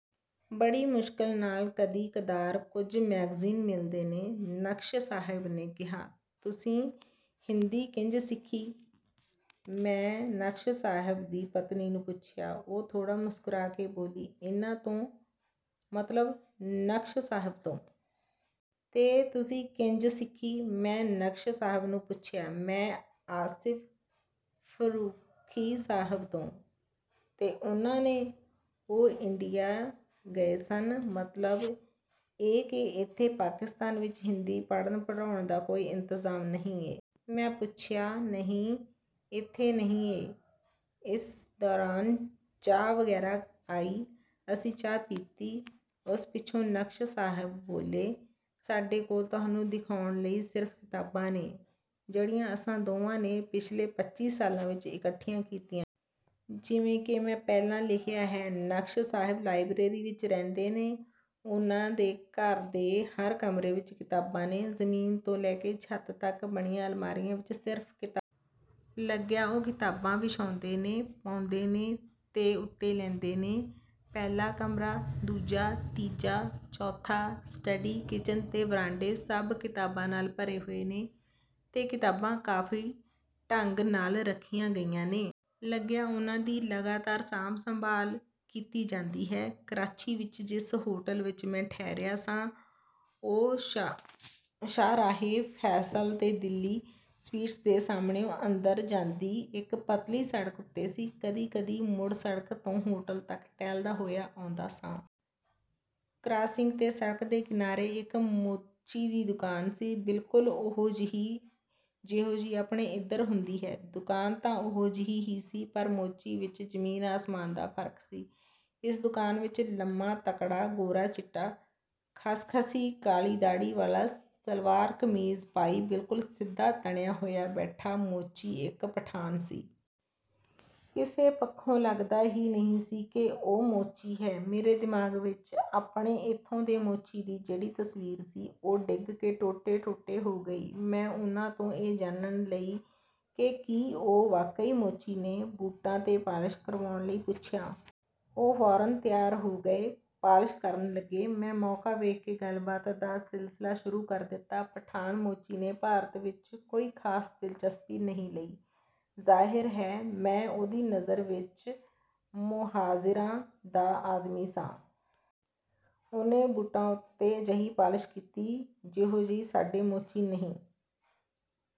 ਬੜੀ ਮੁਸ਼ਕਲ ਨਾਲ ਕਦੀ-ਕਦਾਰ ਕੁਝ ਮੈਗਜ਼ੀਨ ਮਿਲਦੇ ਨੇ।” ਨਕਸ਼ ਸਾਹਬ ਨੇ ਕਿਹਾ। “ਤੁਸੀਂ ਹਿੰਦੀ ਕਿੰਜ ਸਿੱਖੀ?” ਮੈਂ ਨਕਸ਼ ਸਾਹਬ ਦੀ ਪਤਨੀ ਨੂੰ ਪੁੱਛਿਆ। ਉਹ ਥੋੜ੍ਹਾ ਮੁਸਕੁਰਾ ਕੇ ਬੋਲੀ, “ਇਹਨਾਂ ਤੋਂ।” ਮਤਲਬ ‘ਨਕਸ਼’ ਸਾਹਬ ਤੋਂ। “ਤੇ ਤੁਸੀਂ ਕਿੰਜ ਸਿੱਖੀ?” ਮੈਂ ‘ਨਕਸ਼’ ਸਾਹਬ ਨੂੰ ਪੁੱਛਿਆ। “ਮੈਂ... ਆਸਿਫ ਫ਼ਰੂਖੀ ਸਾਹਬ ਤੋਂ।” “ਤੇ ਉਹਨਾਂ ਨੇ?” “ਉਹ ਇੰਡੀਆ ਗਏ ਸਨ...” “ਮਤਲਬ ਇਹ ਕਿ ਇੱਥੇ ਪਾਕਿਸਤਾਨ ਵਿਚ ਹਿੰਦੀ ਪੜ੍ਹਨ/ਪੜ੍ਹਾਉਣ ਦਾ ਕੋਈ ਇੰਤਜ਼ਾਮ ਨਹੀਂ ਏ...” ਮੈਂ ਪੁੱਛਿਆ। “ਨਹੀਂ, ਇੱਥੇ ਨਹੀਂ ਏ।” ਇਸ ਦੌਰਾਨ ਚਾਹ ਵਗੈਰਾ ਆਈ। ਅਸੀਂ ਚਾਹ ਪੀਤੀ। ਉਸ ਪਿੱਛੋਂ ‘ਨਕਸ਼’ ਸਾਹਬ ਬੋਲੇ, “ਸਾਡੇ ਕੋਲ ਤੁਹਾਨੂੰ ਦਿਖਾਉਣ ਲਈ ਸਿਰਫ਼ ਕਿਤਾਬਾਂ ਨੇ... ਜਿਹੜੀਆਂ ਅਸਾਂ ਦੋਵਾਂ ਨੇ ਪਿਛਲੇ ਪੱਚੀ ਸਾਲਾਂ ਵਿਚ ਇਕੱਠੀਆਂ ਕੀਤੀਆਂ ਨੇ।” ਜਿਵੇਂ ਕਿ ਮੈਂ ਪਹਿਲਾਂ ਲਿਖਿਆ ਹੈ, ਨਕਸ਼ ਸਾਹਬ ਲਾਇਬਰੇਰੀ ਵਿਚ ਰਹਿੰਦੇ ਨੇ। ਉਹਨਾਂ ਦੇ ਘਰ ਦੇ ਹਰ ਕਮਰੇ ਵਿਚ ਕਿਤਾਬਾਂ ਨੇ। ਜ਼ਮੀਨ ਤੋਂ ਲੈ ਕੇ ਛੱਤ ਤਕ ਬਣੀਆਂ ਅਲਮਾਰੀਆਂ ਵਿਚ ਸਿਰਫ਼ ਕਿਤਾਬਾਂ ਨੇ। ਲੱਗਿਆ ਉਹ ਕਿਤਾਬਾਂ ਵਿਛਾਉਂਦੇ ਨੇ, ਪਾਉਂਦੇ ਨੇ ਤੇ ਉੱਤੇ ਲੈਂਦੇ ਨੇ। ਪਹਿਲਾ ਕਮਰਾ, ਦੂਜਾ, ਤੀਜਾ, ਚੌਥਾ, ਸਟਡੀ, ਕਿਚਨ ਤੇ ਵਰਾਂਡੇ, ਸਭ ਕਿਤਾਬਾਂ ਨਾਲ ਭਰੇ ਹੋਏ ਨੇ। ਤੇ ਕਿਤਾਬਾਂ ਕਾਫ਼ੀ ਢੰਗ ਨਾਲ ਰੱਖੀਆਂ ਗਈਆਂ ਨੇ। ਲੱਗਿਆ ਉਹਨਾਂ ਦੀ ਲਗਾਤਾਰ ਸਾਂਭ-ਸੰਭਾਲ ਕੀਤੀ ਜਾਂਦੀ ਹੈ। ਕਰਾਚੀ ਵਿਚ ਜਿਸ ਹੋਟਲ ਵਿਚ ਮੈਂ ਠਹਿਰਿਆ ਸਾਂ, ਉਹ ਸ਼ਾਹਰਾਹੇ ਫੈਸਲ ’ਤੇ ‘ਦਿੱਲੀ ਸਵੀਟਸ’ ਦੇ ਸਾਹਮਣਿਓਂ ਅੰਦਰ ਜਾਂਦੀ ਇਕ ਪਤਲੀ ਸੜਕ ਉੱਤੇ ਸੀ। ਕਦੀ-ਕਦੀ ਮੁੱਖ ਸੜਕ ਤੋਂ ਹੋਟਲ ਤਕ ਟਹਿਲਦਾ ਹੋਇਆ ਆਉਂਦਾ ਸਾਂ। ਕਰਾਸਿੰਗ ’ਤੇ ਸੜਕ ਦੇ ਕਿਨਾਰੇ ਇਕ ਮੋਚੀ ਦੀ ਦੁਕਾਨ ਸੀ। ਬਿਲਕੁਲ ਓਹੋ-ਜਿਹੀ ਜਿਹੋ-ਜਿਹੀ ਆਪਣੇ ਇਧਰ ਹੁੰਦੀ ਹੈ। ਦੁਕਾਨ ਤਾਂ ਓਹੋ-ਜਿਹੀ ਹੀ ਸੀ, ਪਰ ਮੋਚੀ ਵਿਚ ਜ਼ਮੀਨ-ਆਸਮਾਨ ਦਾ ਫ਼ਰਕ ਸੀ। ਇਸ ਦੁਕਾਨ ਵਿਚ ਲੰਮਾ-ਤਕੜਾ, ਗੋਰਾ-ਚਿੱਟਾ, ਖਸ਼ਖਸ਼ੀ ਕਾਲੀ ਦਾੜ੍ਹੀ ਵਾਲਾ, ਸਲਵਾਰ ਕਮੀਜ਼ ਪਾਈ, ਬਿਲਕੁਲ ਸਿੱਧਾ ਤਣਿਆ ਹੋਇਆ ਬੈਠਾ ਮੋਚੀ ਇਕ ਪਠਾਨ ਸੀ। ਕਿਸੇ ਪੱਖੋਂ ਲੱਗਦਾ ਹੀ ਨਹੀਂ ਸੀ ਕਿ ਉਹ ਮੋਚੀ ਹੈ। ਮੇਰੇ ਦਿਮਾਗ਼ ਵਿਚ ਆਪਣੇ ਏਥੋਂ ਦੇ ਮੋਚੀ ਦੀ ਜਿਹੜੀ ਤਸਵੀਰ ਸੀ, ਉਹ ਡਿੱਗ ਕੇ ਟੋਟੇ-ਟੋਟੇ ਹੋ ਗਈ। ਮੈਂ ਉਹਨਾਂ ਤੋਂ ਇਹ ਜਾਣਨ ਲਈ ਕਿ ਕੀ ਉਹ ਵਾਕਈ ਮੋਚੀ ਨੇ, ਬੂਟਾਂ ’ਤੇ ਪਾਲਸ਼ ਕਰਵਾਉਣ ਲਈ ਪੁੱਛਿਆ। ਉਹ ਫ਼ੌਰਨ ਤਿਆਰ ਹੋ ਗਏ। ਪਾਲਸ਼ ਕਰਨ ਲੱਗੇ। ਮੈਂ ਮੌਕਾ ਵੇਖ ਕੇ ਗੱਲਬਾਤ ਦਾ ਸਿਲਸਿਲਾ ਸ਼ੁਰੂ ਕਰ ਦਿੱਤਾ। ਪਠਾਨ ਮੋਚੀ ਨੇ ਭਾਰਤ ਵਿਚ ਕੋਈ ਖਾਸ ਦਿਲਚਸਪੀ ਨਹੀਂ ਲਈ। ਜ਼ਾਹਿਰ ਹੈ, ਮੈਂ ਉਹਦੀ ਨਜ਼ਰ ਵਿਚ ਮੋਹਾਜਿਰਾਂ ਦਾ ਆਦਮੀ ਸਾਂ। ਉਹਨੇ ਬੂਟਾਂ ਉੱਤੇ ਅਜਿਹੀ ਪਾਲਸ਼ ਕੀਤੀ, ਜਿਹੋ-ਜਿਹੀ ਸਾਡੇ ਮੋਚੀ ਨਹੀਂ..